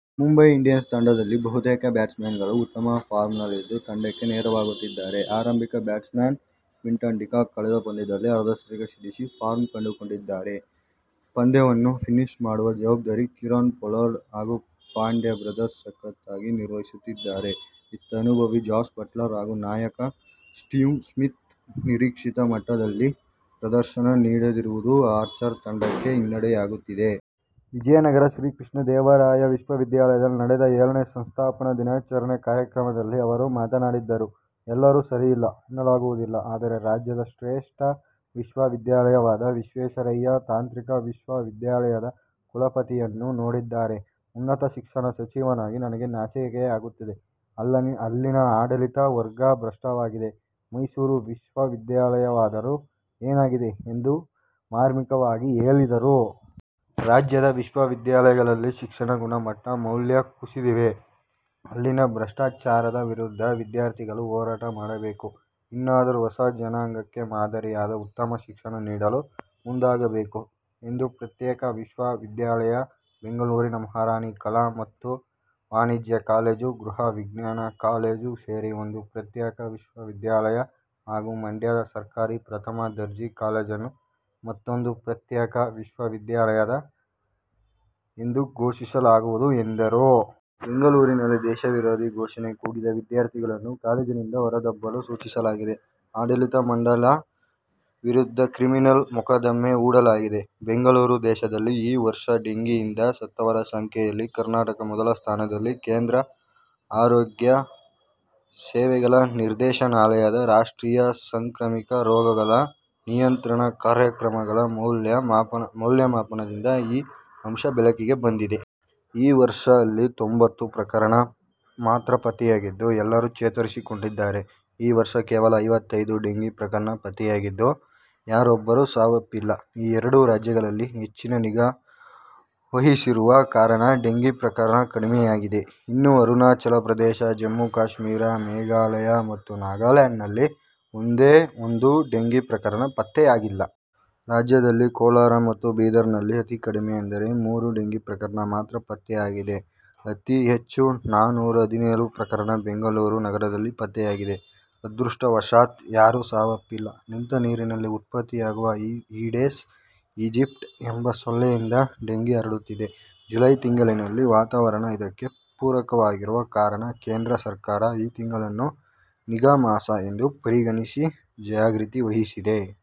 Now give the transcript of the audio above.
Mumbai Indians ತಂಡದಲ್ಲಿ ಬಹುತೇಕ ಬ್ಯಾಟ್ಸ್ಮನ್ಗಳು ಉತ್ತಮ ಫಾರ್ಮ್ನಲ್ಲಿದ್ದು ತಂಡಕ್ಕೆ ನೆರವಾಗುತ್ತಿದ್ದಾರೆ. ಆರಂಭಿಕ ಬ್ಯಾಟ್ಸ್ಮನ್ ಕ್ವಿಂಟನ್ ಡಿಕಾಕ್ ಕಳೆದ ಪಂದ್ಯದಲ್ಲಿ ಅರ್ಧಶತಕ ಸಿಡಿಸಿ ಫಾರ್ಮ್ ಕಂಡುಕೊಂಡಿದ್ದಾರೆ. ಪಂದ್ಯವನ್ನು ಫಿನಿಶ್ ಮಾಡುವ ಜವಾಬ್ದಾರಿ ಕೀರೊನ್ ಪೊಲಾರ್ಡ್ ಹಾಗೂ ಪಾಂಡ್ಯ ಬ್ರದರ್ಸ್ ಸಖತ್ ಆಗಿ ನಿರ್ವಹಿಸುತ್ತಿದ್ದಾರೆ. ಇತ್ತ ಅನುಭವಿ ಜೋಸ್ ಬಟ್ಲರ್ ಹಾಗೂ ನಾಯಕ ಸ್ಟೀವ್ ಸ್ಮಿತ್ ನಿರೀಕ್ಷಿತ ಮಟ್ಟದಲ್ಲಿ ಪ್ರದರ್ಶನ ನೀಡದಿರುವುದು ಆರ್ಆರ್ ತಂಡಕ್ಕೆ ಹಿನ್ನಡೆಯಾಗುತ್ತಿದೆ. ವಿಜಯನಗರ ಶ್ರೀಕೃಷ್ಣದೇವರಾಯ ವಿಶ್ವವಿದ್ಯಾಲಯದಲ್ಲಿ ನಡೆದ ಏಳನೇ ಸಂಸ್ಥಾಪನಾ ದಿನಾಚರಣೆ ಕಾರ್ಯಕ್ರಮದಲ್ಲಿ ಅವರು ಮಾತನಾಡಿದರು. 'ಎಲ್ಲರೂ ಸರಿ ಇಲ್ಲ ಎನ್ನಲಾಗುವುದಿಲ್ಲ. ಆದರೆ ರಾಜ್ಯದ ಶ್ರೇಷ್ಠ ವಿಶ್ವವಿದ್ಯಾಲಯವಾದ ವಿಶ್ವೇಶ್ವರಯ್ಯ ತಾಂತ್ರಿಕ ವಿಶ್ವವಿದ್ಯಾಲಯದ ಕುಲಪತಿಯನ್ನು ನೋಡಿದರೆ ಉನ್ನತ ಶಿಕ್ಷಣ ಸಚಿವನಾಗಿ ನನಗೆ ನಾಚಿಕೆಯಾಗುತ್ತದೆ. ಅಲ್ಲಿನ ಆಡಳಿತ ವರ್ಗ ಭ್ರಷ್ಟವಾಗಿದೆ. ಮೈಸೂರು ವಿಶ್ವವಿದ್ಯಾಲಯವಾದರೂ ಏನಾಗಿದೆ' ಎಂದು ಮಾರ್ಮಿಕವಾಗಿ ಹೇಳಿದರು. 'ರಾಜ್ಯದ ವಿಶ್ವವಿದ್ಯಾಲಯಗಳಲ್ಲಿ ಶಿಕ್ಷಣದ ಗುಣಮಟ್ಟ, ಮೌಲ್ಯ ಕುಸಿದಿವೆ. ಅಲ್ಲಿನ ಭ್ರಷ್ಟಾಚಾರದ ವಿರುದ್ಧ ವಿದ್ಯಾರ್ಥಿಗಳು ಹೋರಾಟ ಮಾಡಬೇಕು. ಇನ್ನಾದರೂ ಹೊಸ ಜನಾಂಗಕ್ಕೆ ಮಾದರಿಯಾದ, ಉತ್ತಮ ಶಿಕ್ಷಣ ನೀಡಲು ಮುಂದಾಗಬೇಕು' ಎಂದರು. ಪ್ರತ್ಯೇಕ ವಿಶ್ವವಿದ್ಯಾಲಯ: ಬೆಂಗಳೂರಿನ ಮಹಾರಾಣಿ ಕಲಾ ಮತ್ತು ವಾಣಿಜ್ಯ ಕಾಲೇಜು, ಗೃಹ ವಿಜ್ಞಾನ ಕಾಲೇಜು ಸೇರಿ ಒಂದು ಪ್ರತ್ಯೇಕ ವಿಶ್ವವಿದ್ಯಾಲಯ ಹಾಗೂ ಮಂಡ್ಯದ ಸರ್ಕಾರಿ ಪ್ರಥಮ ದರ್ಜೆ ಕಾಲೇಜನ್ನು ಮತ್ತೊಂದು ಪ್ರತ್ಯೇಕ ವಿಶ್ವವಿದ್ಯಾಲಯ ಎಂದು ಘೋಷಿಸಲಾಗುವುದು ಎಂದರು. ಬೆಂಗಳೂರಿನಲ್ಲಿ ದೇಶವಿರೋಧಿ ಘೋಷಣೆ ಕೂಗಿದ ವಿದ್ಯಾರ್ಥಿಗಳನ್ನು ಕಾಲೇಜಿನಿಂದ ಹೊರದಬ್ಬಲು ಸೂಚಿಸಲಾಗಿದೆ. ಆಡಳಿತ ಮಂಡಳಿ ವಿರುದ್ಧ ಕ್ರಿಮಿನಲ್ ಮೊಕದ್ದಮೆ ಹೂಡಲಾಗಿದೆ ಬೆಂಗಳೂರು: ದೇಶದಲ್ಲಿ ಈ ವರ್ಷ ಡೆಂಗಿಯಿಂದ ಸತ್ತವರ ಸಂಖ್ಯೆಯಲ್ಲಿ ಕರ್ನಾಟಕ ಮೊದಲ ಸ್ಥಾನದಲ್ಲಿದೆ. ಕೇಂದ್ರ ಆರೋಗ್ಯ ಸೇವೆಗಳ ನಿರ್ದೇಶನಾಲಯದ ರಾಷ್ಟ್ರೀಯ ಸಾಂಕ್ರಾಮಿಕ ರೋಗಗಳ ನಿಯಂತ್ರಣ ಕಾರ್ಯಕ್ರಮಗಳ ಮೌಲ್ಯಮಾಪನದಿಂದ ಈ ಅಂಶ ಬೆಳಕಿಗೆ ಬಂದಿದೆ. ಈ ವರ್ಷ ಅಲ್ಲಿ ತೊಂಬತ್ತು ಪ್ರಕರಣ ಮಾತ್ರ ಪತ್ತೆಯಾಗಿದ್ದು, ಎಲ್ಲರೂ ಚೇತರಿಸಿಕೊಂಡಿದ್ದಾರೆ. ಈ ವರ್ಷ ಕೇವಲ ಐವತ್ತೈದು ಡೆಂಗಿ ಪ್ರಕರಣ ಪತ್ತೆಯಾಗಿದ್ದು, ಯಾರೊಬ್ಬರು ಸಾವಪ್ಪಿಲ್ಲ. ಈ ಎರಡು ರಾಜ್ಯಗಳಲ್ಲಿ ಹೆಚ್ಚಿನ ನಿಗಾ ವಹಿಸಿರುವ ಕಾರಣ ಡೆಂಗಿ ಪ್ರಕರಣ ಕಡಿಮೆಯಾಗಿದೆ. ಇನ್ನು ಅರುಣಾಚಲ ಪ್ರದೇಶ, ಜಮ್ಮು ಕಾಶ್ಮೀರ, ಮೇಘಾಲಯ ಮತ್ತು ನಾಗಾಲ್ಯಾಂಡ್ನಲ್ಲಿ ಒಂದೇ ಒಂದು ಡೆಂಗಿ ಪ್ರಕರಣ ಪತ್ತೆಯಾಗಿಲ್ಲ. ರಾಜ್ಯದಲ್ಲಿ ಕೋಲಾರ ಮತ್ತು ಬೀದರ್ನಲ್ಲಿ ಅತಿ ಕಡಿಮೆ ಅಂದರೆ ಮೂರು ಡೆಂಗಿ ಪ್ರಕರಣ ಮಾತ್ರ ಪತ್ತೆಯಾಗಿದೆ. ಅತೀ ಹೆಚ್ಚು ನಾನೂರ ಹದಿನೇಳು ಪ್ರಕರಣ ಬೆಂಗಳೂರು ನಗರದಲ್ಲಿ ಪತ್ತೆಯಾಗಿದೆ. ಅದೃಷ್ಟವಶಾತ್ ಯಾರೂ ಸಾವನಪ್ಪಿಲ್ಲ. ನಿಂತ ನೀರಿನಲ್ಲಿ ಉತ್ಪತ್ತಿಯಾಗುವ ಈಡಿಸ್ ಈಜಿಪ್ಟಿ ಎಂಬ ಸೊಳ್ಳೆಯಿಂದ ಡೆಂಗಿ ಹರಡುತ್ತದೆ. ಜುಲೈ ತಿಂಗಳಿನ ವಾತಾವರಣ ಇದಕ್ಕೆ ಪೂರಕವಾಗಿರುವ ಕಾರಣ ಕೇಂದ್ರ ಸರ್ಕಾರ, ಈ ತಿಂಗಳನ್ನು 'ನಿಗಾ ಮಾಸ' ಎಂದು ಪರಿಗಣಿಸಿ ಜಾಗೃತಿ ವಹಿಸಿದೆ.